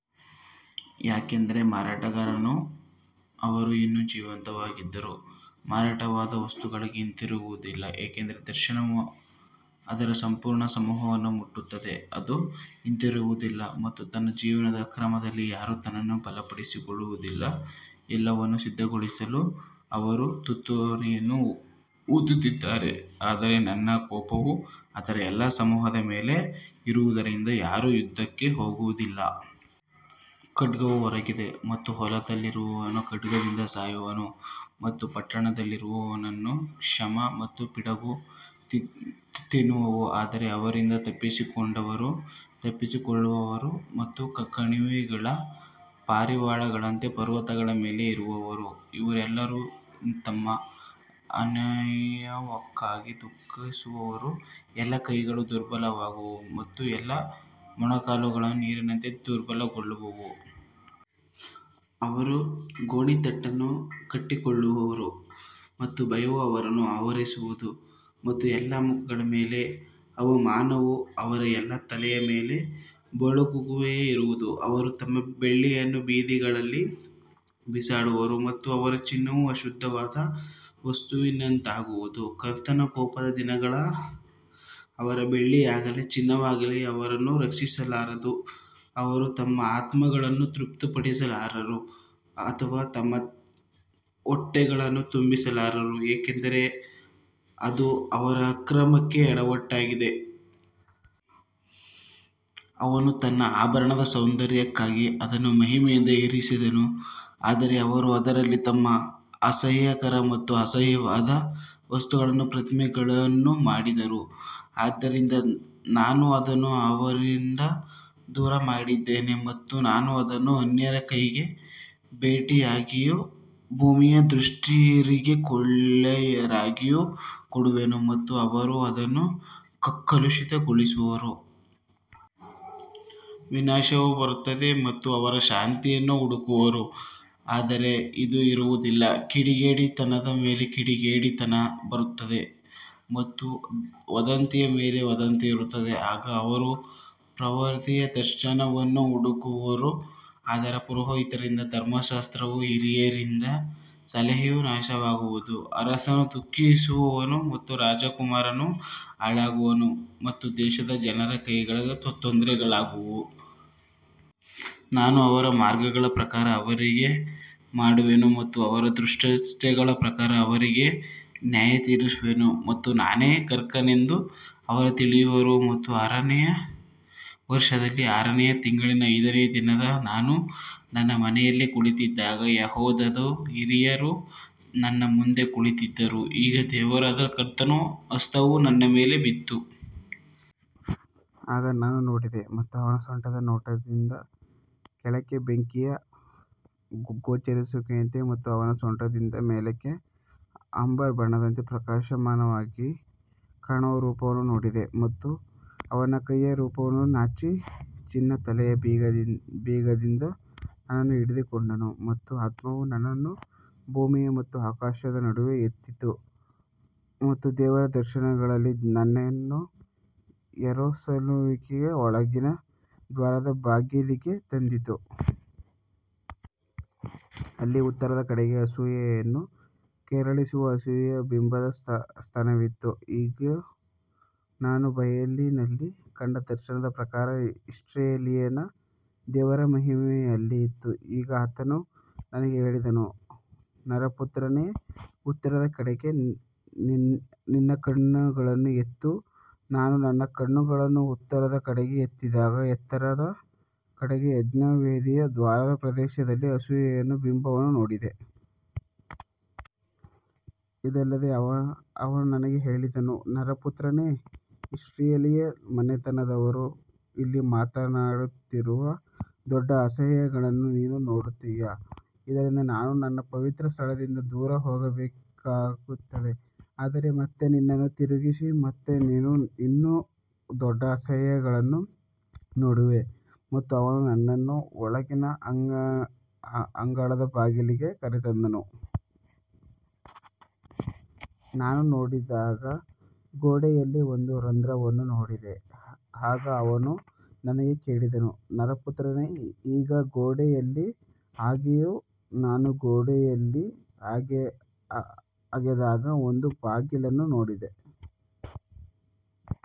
ಯಾಕಂದರೆ ಮಾರಾಟಗಾರನು ಅವರು ಇನ್ನೂ ಜೀವಂತವಾಗಿದ್ದರೂ ಮಾರಾಟವಾದ ವಸ್ತುಗಳಿಗೆ ಹಿಂತಿರುಗುವುದಿಲ್ಲ, ಏಕೆಂದರೆ ದರ್ಶನವು ಅದರ ಸಂಪೂರ್ಣ ಸಮೂಹವನ್ನು ಮುಟ್ಟುತ್ತದೆ, ಅದು ಹಿಂತಿರುಗುವುದಿಲ್ಲ ಮತ್ತು ತನ್ನ ಜೀವನದ ಅಕ್ರಮದಲ್ಲಿ ಯಾರೂ ತನ್ನನ್ನು ಬಲಪಡಿಸಿಕೊಳ್ಳುವುದಿಲ್ಲ. ಎಲ್ಲವನ್ನು ಸಿದ್ಧಗೊಳಿಸಲು ಅವರು ತುತ್ತೂರಿಯನ್ನು ಊದಿದ್ದಾರೆ, ಆದರೆ ನನ್ನ ಕೋಪವು ಅದರ ಎಲ್ಲಾ ಸಮೂಹದ ಮೇಲೆ ಇರುವುದರಿಂದ ಯಾರೂ ಯುದ್ಧಕ್ಕೆ ಹೋಗುವುದಿಲ್ಲ. ಖಡ್ಗವು ಹೊರಗಿದೆ ಮತ್ತು ಹೊಲದಲ್ಲಿರುವವನು ಖಡ್ಗದಿಂದ ಸಾಯುವನು ಮತ್ತು ಪಟ್ಟಣದಲ್ಲಿರುವವನನ್ನು ಕ್ಷಾಮ ಮತ್ತು ಪಿಡುಗು ತಿನ್ನುವವು. ಆದರೆ ಅವರಿಂದ ತಪ್ಪಿಸಿಕೊಂಡವರು ತಪ್ಪಿಸಿಕೊಳ್ಳುವರು ಮತ್ತು ಕಣಿವೆಗಳ ಪಾರಿವಾಳಗಳಂತೆ ಪರ್ವತಗಳ ಮೇಲೆ ಇರುವರು, ಅವರೆಲ್ಲರೂ ತಮ್ಮ ಅನ್ಯಾಯಕ್ಕಾಗಿ ದುಃಖಿಸುವರು. ಎಲ್ಲಾ ಕೈಗಳು ದುರ್ಬಲವಾಗುವವು ಮತ್ತು ಎಲ್ಲಾ ಮೊಣಕಾಲುಗಳು ನೀರಿನಂತೆ ದುರ್ಬಲವಾಗುವವು. ಅವರು ಗೋಣಿತಟ್ಟನ್ನು ಕಟ್ಟಿಕೊಳ್ಳುವರು ಮತ್ತು ಭಯವು ಅವರನ್ನು ಆವರಿಸುವದು ಮತ್ತು ಎಲ್ಲಾ ಮುಖಗಳ ಮೇಲೆ ಅವಮಾನವೂ ಅವರ ಎಲ್ಲಾ ತಲೆಯ ಮೇಲೆ ಬೋಳಾಗುವಿಕೆಯೂ ಇರುವುದು. ಅವರು ತಮ್ಮ ಬೆಳ್ಳಿಯನ್ನು ಬೀದಿಗಳಲ್ಲಿ ಬಿಸಾಡುವರು ಮತ್ತು ಅವರ ಚಿನ್ನವು ಅಶುದ್ಧವಾದ ವಸ್ತುವಿನಂತಾಗುವುದು. ಕರ್ತನ ಕೋಪದ ದಿನದಲ್ಲಿ ಅವರ ಬೆಳ್ಳಿಯಾಗಲಿ ಚಿನ್ನವಾಗಲಿ ಅವರನ್ನು ರಕ್ಷಿಸಲಾರದು, ಅವರು ತಮ್ಮ ಆತ್ಮಗಳನ್ನು ತೃಪ್ತಿಪಡಿಸಲಾರರು ಅಥವಾ ತಮ್ಮ ಹೊಟ್ಟೆಗಳನ್ನು ತುಂಬಿಸಲಾರರು, ಏಕೆಂದರೆ ಅದು ಅವರ ಅಕ್ರಮಕ್ಕೆ ಎಡವಟ್ಟಾಗಿದೆ. ಅವನು ತನ್ನ ಆಭರಣದ ಸೌಂದರ್ಯಕ್ಕಾಗಿ ಅದನ್ನು ಮಹಿಮೆಯಿಂದ ಇರಿಸಿದನು, ಆದರೆ ಅವರು ಅದರಲ್ಲಿ ತಮ್ಮ ಅಸಹ್ಯಕರ ಮತ್ತು ಅಸಹ್ಯವಾದ ವಸ್ತುಗಳ ಪ್ರತಿಮೆಗಳನ್ನು ಮಾಡಿದರು, ಆದ್ದರಿಂದ ನಾನು ಅದನ್ನು ಅವರಿಂದ ದೂರಮಾಡಿದ್ದೇನೆ. ಮತ್ತು ನಾನು ಅದನ್ನು ಅನ್ಯರ ಕೈಗೆ ಬೇಟೆಯಾಗಿಯೂ ಭೂಮಿಯ ದುಷ್ಟರಿಗೆ ಕೊಳ್ಳೆಯಾಗಿಯೂ ಕೊಡುವೆನು ಮತ್ತು ಅವರು ಅದನ್ನು ಕಲುಷಿತಗೊಳಿಸುವರು. ವಿನಾಶವು ಬರುತ್ತದೆ ಮತ್ತು ಅವರು ಶಾಂತಿಯನ್ನು ಹುಡುಕುವರು ಆದರೆ ಅದು ಇರುವುದಿಲ್ಲ. ಕಿಡಿಗೇಡಿತನದ ಮೇಲೆ ಕಿಡಿಗೇಡಿತನ ಬರುತ್ತದೆ ಮತ್ತು ವದಂತಿಯ ಮೇಲೆ ವದಂತಿ ಇರುತ್ತದೆ. ಆಗ ಅವರು ಪ್ರವಾದಿಯ ದರ್ಶನವನ್ನು ಹುಡುಕುವರು, ಆದರೆ ಪುರೋಹಿತರಿಂದ ಧರ್ಮಶಾಸ್ತ್ರವೂ ಹಿರಿಯರಿಂದ ಸಲಹೆಯೂ ನಾಶವಾಗುವುದು. ಅರಸನು ದುಃಖಿಸುವನು ಮತ್ತು ರಾಜಕುಮಾರನು ಹಾಳಾಗುವನು ಮತ್ತು ದೇಶದ ಜನರ ಕೈಗಳು ತೊಂದರೆಗೊಳಗಾಗುವವು. ನಾನು ಅವರ ಮಾರ್ಗಗಳ ಪ್ರಕಾರ ಅವರಿಗೆ ಮಾಡುವೆನು ಮತ್ತು ಅವರ ದುಷ್ಕೃತ್ಯಗಳ ಪ್ರಕಾರ ಅವರಿಗೆ ನ್ಯಾಯತೀರಿಸುವೆನು ಮತ್ತು ನಾನೇ ಕರ್ತನೆಂದು ಅವರು ತಿಳಿಯುವರು. ಮತ್ತು ಆರನೆಯ ವರ್ಷದಲ್ಲಿ ಆರನೆಯ ತಿಂಗಳಿನ ಐದನೆಯ ದಿನದಲ್ಲಿ ನಾನು ನನ್ನ ಮನೆಯಲ್ಲಿ ಕುಳಿತಿದ್ದಾಗ ಯೆಹೂದದ ಹಿರಿಯರು ನನ್ನ ಮುಂದೆ ಕುಳಿತಿದ್ದರು, ಆಗ ದೇವರಾದ ಕರ್ತನ ಹಸ್ತವು ನನ್ನ ಮೇಲೆ ಬಿತ್ತು. ಆಗ ನಾನು ನೋಡಿದೆ ಮತ್ತು ಅವನ ಸೊಂಟದ ನೋಟದಿಂದ ಕೆಳಕ್ಕೆ ಬೆಂಕಿಯ ಗೋಚರಿಸುವಿಕೆಯಂತೆ ಮತ್ತು ಅವನ ಸೊಂಟದಿಂದ ಮೇಲಕ್ಕೆ ಅಂಬರ್ ಬಣ್ಣದಂತೆ ಪ್ರಕಾಶಮಾನವಾಗಿ ಕಾಣುವ ರೂಪವನ್ನು ನೋಡಿದೆ. ಮತ್ತು ಅವನು ಕೈಯ ರೂಪವನ್ನು ಚಾಚಿ ನನ್ನ ತಲೆಯ ಬೀಗದಿಂದ ನನ್ನನ್ನು ಹಿಡಿದುಕೊಂಡನು ಮತ್ತು ಆತ್ಮವು ನನ್ನನ್ನು ಭೂಮಿ ಮತ್ತು ಆಕಾಶದ ನಡುವೆ ಎತ್ತಿತು ಮತ್ತು ದೇವರ ದರ್ಶನಗಳಲ್ಲಿ ನನ್ನನ್ನು ಯೆರೂಸಲೇಮಿಗೆ ಒಳಗಿನ ದ್ವಾರದ ಬಾಗಿಲಿಗೆ ತಂದಿತು. ಅಲ್ಲಿ ಉತ್ತರದ ಕಡೆಗೆ ಅಸೂಯೆಯನ್ನು ಕೆರಳಿಸುವ ಅಸೂಯೆಯ ಬಿಂಬದ ಸ್ಥಾನವಿತ್ತು. ಇಗೋ, ನಾನು ಬಯಲಿನಲ್ಲಿ ಕಂಡ ದರ್ಶನದ ಪ್ರಕಾರ ಇಸ್ರಾಯೇಲಿನ ದೇವರ ಮಹಿಮೆಯು ಅಲ್ಲಿ ಇತ್ತು. ಆಗ ಆತನು ನನಗೆ ಹೇಳಿದನು, ನರಪುತ್ರನೇ, ಉತ್ತರದ ಕಡೆಗೆ ನಿನ್ನ ಕಣ್ಣುಗಳನ್ನು ಎತ್ತು. ನಾನು ನನ್ನ ಕಣ್ಣುಗಳನ್ನು ಉತ್ತರದ ಕಡೆಗೆ ಎತ್ತಿದಾಗ, ಉತ್ತರದ ಕಡೆಗೆ ಯಜ್ಞವೇದಿಯ ದ್ವಾರದ ಪ್ರವೇಶದಲ್ಲಿ ಅಸೂಯೆಯ ಬಿಂಬವನ್ನು ನೋಡಿದೆ. ಇದಲ್ಲದೆ ಅವನು ನನಗೆ ಹೇಳಿದನು, ನರಪುತ್ರನೇ, ಇಸ್ರಾಯೇಲ್ ಮನೆತನದವರು ಇಲ್ಲಿ ಮಾಡುತ್ತಿರುವ ದೊಡ್ಡ ಅಸಹ್ಯಗಳನ್ನು ನೀನು ನೋಡುತ್ತೀಯಾ, ಇದರಿಂದ ನಾನು ನನ್ನ ಪವಿತ್ರಸ್ಥಳದಿಂದ ದೂರ ಹೋಗಬೇಕಾಗುತ್ತದೆ. ಆದರೆ ಮತ್ತೆ ನಿನ್ನನ್ನು ತಿರುಗಿಸು ಮತ್ತು ನೀನು ಇನ್ನೂ ದೊಡ್ಡ ಅಸಹ್ಯಗಳನ್ನು ನೋಡುವೆ. ಮತ್ತು ಅವನು ನನ್ನನ್ನು ಒಳಗಿನ ಅಂಗಳದ ಬಾಗಿಲಿಗೆ ಕರೆತಂದನು. ನಾನು ನೋಡಿದಾಗ ಗೋಡೆಯಲ್ಲಿ ಒಂದು ರಂಧ್ರವನ್ನು ನೋಡಿದೆ. ಆಗ ಅವನು ನನಗೆ ಹೇಳಿದನು, ನರಪುತ್ರನೇ, ಈಗ ಗೋಡೆಯಲ್ಲಿ ಅಗೆಯು. ನಾನು ಗೋಡೆಯಲ್ಲಿ ಅಗೆದಾಗ ಒಂದು ಬಾಗಿಲನ್ನು ನೋಡಿದೆ.